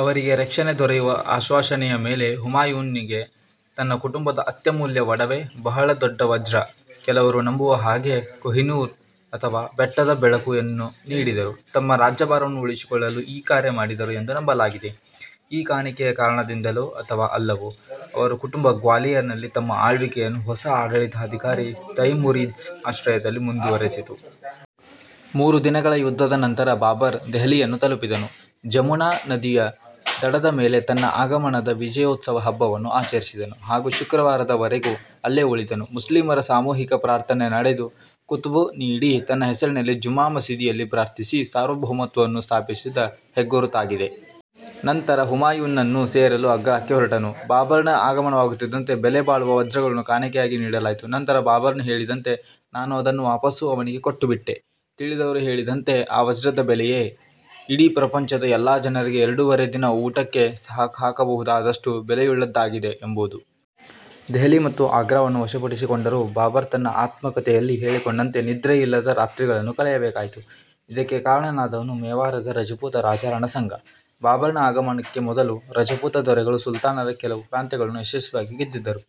ಅವರಿಗೆ ರಕ್ಷಣೆ ದೊರೆಯುವ ಆಶ್ವಾಸನೆಯ ಮೇಲೆ, ಹುಮಾಯುನ್ ನಿಗೆ, ತನ್ನ ಕುಟುಂಬದ ಅತ್ಯಮೂಲ್ಯ ಒಡವೆ, ಬಹಳ ದೊಡ್ಡ ವಜ್ರ, ಕೆಲವರು ನಂಬುವ ಹಾಗೆ ಕೊಹ್ -ಇ -ನೂರ್ ಅಥವಾ "ಬೆಟ್ಟದ ಬೆಳಕು 'ನ್ನು ನೀಡಿದರು. ತಮ್ಮ ರಾಜ್ಯಭಾರವನ್ನು ಉಳಿಸಿಕೊಳ್ಳಲು ಈ ಕಾರ್ಯ ಮಾಡಿದರು ಎಂದು ನಂಬಲಾಗಿದೆ. ಈ ಕಾಣಿಕೆಯ ಕಾರಣದಿಂದಲೋ ಅಥವಾ ಅಲ್ಲವೋ, ಅವರ ಕುಟುಂಬ ಗ್ವಾಲಿಯರ್ ನಲ್ಲಿ, ತಮ್ಮ ಆಳ್ವಿಕೆಯನ್ನು ಹೊಸ ಆಡಳಿತಾಧಿಕಾರಿ ತೈಮುರಿದ್ಸ್ ಆಶ್ರಯದಲ್ಲಿ ಮುಂದುವರಿಸಿತು. ಮೂರು ದಿನಗಳ ಯುದ್ಧದ ನಂತರ ಬಾಬರ್, ದೆಹಲಿಯನ್ನು ತಲುಪಿದನು. ಜಮುನಾ ನದಿ ಯ ದಡದ ಮೇಲೆ ತನ್ನ ಆಗಮನದ ವಿಜಯೋತ್ಸವದ ಹಬ್ಬವನ್ನು ಆಚರಿಸಿದನು. ಹಾಗೂ ಶುಕ್ರವಾರದ ವರೆವಿಗೂ ಅಲ್ಲೇ ಉಳಿದನು, ಮುಸ್ಲಿಮರ ಸಾಮೂಹಿಕ ಪ್ರಾರ್ಥನೆ ನಡೆದು, ಖುತ್ಬ ನೀಡಿ, ತನ್ನ ಹೆಸರಿನಲ್ಲಿ ಜುಮ್ಮಾ ಮಸೀದಿ ಯಲ್ಲಿ ಪ್ರಾರ್ಥಿಸಿ, ಸಾರ್ವಭೌಮತ್ವವನ್ನು ಸ್ಥಾಪಿಸಿದ ಹೆಗ್ಗುರುತಾಗಿದೆ. ನಂತರ ಹುಮಾಯುನ್ ನನ್ನು ಸೇರಲು ಆಗ್ರಾಕ್ಕೆ ಹೊರಟನು. ಬಾಬರ್ ನ ಆಗಮನವಾಗುತ್ತಿದ್ದಂತೆ, ಬೆಲೆ ಬಾಳುವ ವಜ್ರಗಳನ್ನು ಕಾಣಿಕೆಯಾಗಿ ನೀಡಲಾಯಿತು, ನಂತರ ಬಾಬರನು ಹೇಳಿದಂತೆ,"ನಾನು ಅದನ್ನು ವಾಪಸ್ಸು ಅವನಿಗೆ ಕೊಟ್ಟುಬಿಟ್ಟೆ. " ತಿಳಿದವರು ಹೇಳಿದಂತೆ ಆ ವಜ್ರದ ಬೆಲೆಯೇ " ಇಡೀ ಪ್ರಪಂಚದ ಎಲ್ಲಾ ಜನರಿಗೆ ಎರಡೂವರೆ ದಿನ ಊಟಕ್ಕೆ ಹಾಕಬಹುದಾದಷ್ಟು ಬೆಲೆಯುಳ್ಳದ್ದಾಗಿದೆ "ಎಂಬುದು. ದೆಹಲಿ ಮತ್ತು ಆಗ್ರಾವನ್ನು ವಶಪಡಿಸಿಕೊಂದರೂ, ಬಾಬರ್ ತನ್ನ ಆತ್ಮ ಕಥೆಯಲ್ಲಿ ಹೇಳಿಕೊಂಡಂತೆ ನಿದ್ರೆಯಿಲ್ಲದ ರಾತ್ರಿಗಳನ್ನು ಕಳೆಯಬೇಕಾಯಿತು. ಇದಕ್ಕೆ ಕಾರಣನಾದವನು ಮೇವಾರ್ ದ ರಜಪೂತ ರಾಜ ರಣ ಸಂಗ. ಬಾಬರ್ ನ ಆಗಮನಕ್ಕೆ ಮೊದಲು; ರಜಪೂತ ದೊರೆಗಳು, ಸುಲ್ತಾನರ ಕೆಲವು ಪ್ರಾಂತ್ಯಗಳನ್ನು ಯಶಸ್ವಿಯಾಗಿ ಗೆದ್ದಿದ್ದರು.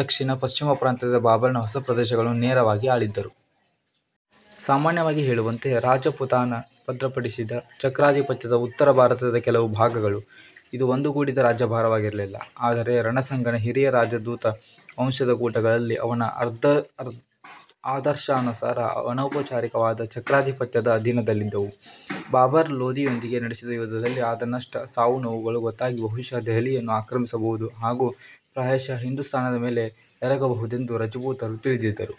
ದಕ್ಷಿಣ -ಪಶ್ಚಿಮ ಪ್ರಾಂತ್ಯದ ಬಾಬರ್ ನ ಹೊಸ ಪ್ರದೇಶಗಳನ್ನು ನೇರವಾಗಿ ಆಳಿದ್ದರು. ಸಾಮಾನ್ಯವಾಗಿ ಹೇಳುವಂತೆ, ರಾಜಪುತಾನಭದ್ರಪಡಿಸಿದ ಚಕ್ರಾಧಿಪತ್ಯದ ಉತ್ತರ ಭಾರತದ ಕೆಲವು ಭಾಗಗಳು. ಇದು ಒಂದುಗೂಡಿದ ರಾಜ್ಯಭಾರವಾಗಿರಲಿಲ್ಲ, ಆದರೆ ರಣಸಂಗನ ಹಿರಿಯ ರಾಜದೂತ ವಂಶದ ಕೂಟಗಳಲ್ಲಿ ಅವನ ಆದರ್ಶಾನುಸಾರ, ಅನೌಪಚಾರಿಕವಾದ ಚಕ್ರಾಧಿಪತ್ಯದ ಅಧೀನದಲ್ಲಿದ್ದವು. ಬಾಬರ್ ಲೋದಿಯೊಂದಿಗೆ ನಡೆಸಿದ ಯುದ್ಧದಲ್ಲಿ ಆದ ನಷ್ಟ, ಸಾವು-ನೋವುಗಳು ಗೊತ್ತಾಗಿ, ಬಹುಶಃ ದೆಹಲಿಯನ್ನು ಆಕ್ರಮಿಸಬಹುದು ಹಾಗು ಪ್ರಾಯಶಃ ಹಿಂದುಸ್ತಾನ್ ದ ಮೇಲೆ, ಎರಗಬಹುದೆಂದು ರಜಪೂತರು ತಿಳಿದಿದ್ದರು.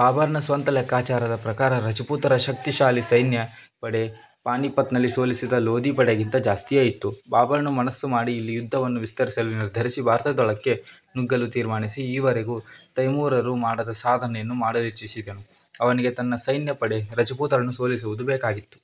ಬಾಬರ್ ನ ಸ್ವಂತ ಲೆಕ್ಕಾಚಾರದ ಪ್ರಕಾರ ರಜಪೂತರ ಶಕ್ತಿಶಾಲಿ ಸೈನ್ಯ ಪಡೆ, ಪಾಣಿಪಟ್ ನಲ್ಲಿ ಸೋಲಿಸಿದ ಲೋದಿ ಪಡೆಗಿಂತ ಜಾಸ್ತಿಯೇ ಇತ್ತು.. ಬಾಬರನು ಮನಸ್ಸು ಮಾಡಿ ಇಲ್ಲಿ ಯುದ್ಧವನ್ನು ವಿಸ್ತರಿಸಲು ನಿರ್ಧರಿಸಿ, ಭಾರತದೊಳಕ್ಕೆ ನುಗ್ಗಲು ತೀರ್ಮಾನಿಸಿ, ಈವರೆವಿಗೂ ತೈಮೂರರು ಮಾಡದ ಸಾಧನೆಯನ್ನು ಮಾಡಲಿಚ್ಚಿಸಿದನು. ಅವನಿಗೆ ತನ್ನ ಸೈನ್ಯ ಪಡೆ ರಜಪೂತರನ್ನು ಸೋಲಿಸುವುದು ಬೇಕಾಗಿತ್ತು.